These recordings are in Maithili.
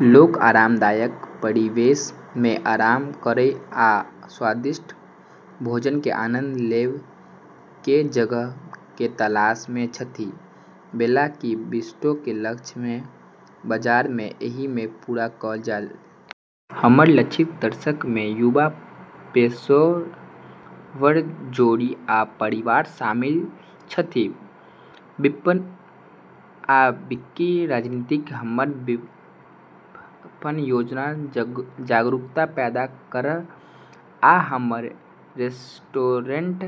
लोक आरामदायक परिवेश मे आराम करय आ स्वादिष्ट भोजन के आनंद लेबय के जगह के तलाश मे छथि। बेला के बिस्ट्रो के लक्ष्य अछि जे बाजार मे एहि कमी के पूरा कएल जाए। हमर लक्षित दर्शक मे युवा पेशेवर, जोड़ी आ परिवार शामिल छथि। विपणन आ बिक्री रणनीति: हमर विपणन योजना जागरूकता पैदा करय आ हमर रेस्टोरेंट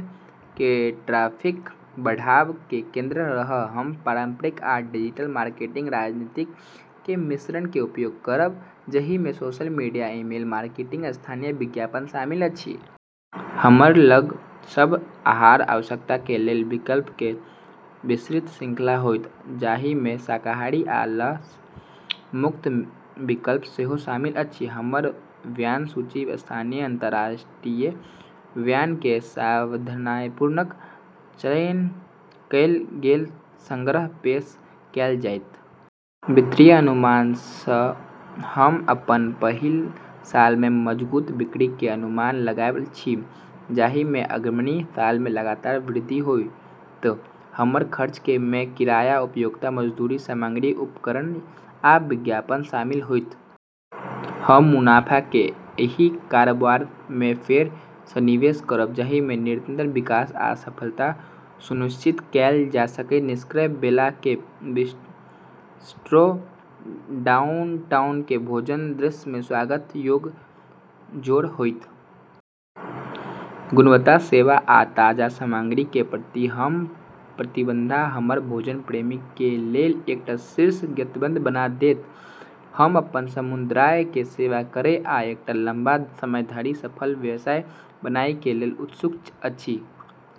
मे ट्रैफिक बढ़ाबय पर केंद्रित रहत। हम पारंपरिक आ डिजिटल मार्केटिंग रणनीति के मिश्रण के उपयोग करब, जाहि मे सोशल मीडिया, ईमेल मार्केटिंग आ स्थानीय विज्ञापन शामिल अछि। हमरा लग सब आहार आवश्यकता के लेल विकल्प के विस्तृत श्रृंखला होयत, जाहि मे शाकाहारी आ लस मुक्त विकल्प सेहो शामिल अछि। हमर वाइन सूची मे स्थानीय आ अंतर्राष्ट्रीय वाइन के सावधानीपूर्वक चयन कएल गेल संग्रह पेश कएल जैत। वित्तीय अनुमान: हम अपन पहिल साल मे मजबूत बिक्री के अनुमान लगाबैत छी, जाहि मे आगामी साल मे लगातार वृद्धि होयत। हमर खर्च मे किराया, उपयोगिता, मजदूरी, सामग्री, उपकरण आ विपणन शामिल होयत। हम मुनाफा के एहि कारोबार मे फेर सँ निवेश करब जाहि सँ निरंतर विकास आ सफलता सुनिश्चित कएल जा सकय। निष्कर्ष: बेला के बिस्ट्रो डाउनटाउन के भोजन दृश्य मे स्वागत योग्य जोड़ होयत। गुणवत्ता, सेवा आ ताजा सामग्री के प्रति हमर प्रतिबद्धता हमरा भोजन प्रेमी के लेल एकटा शीर्ष गंतव्य बना देत। हम अपन समुदाय के सेवा करय आ एकटा लम्बा समय धरि सफल व्यवसाय बनय के लेल उत्सुक छी।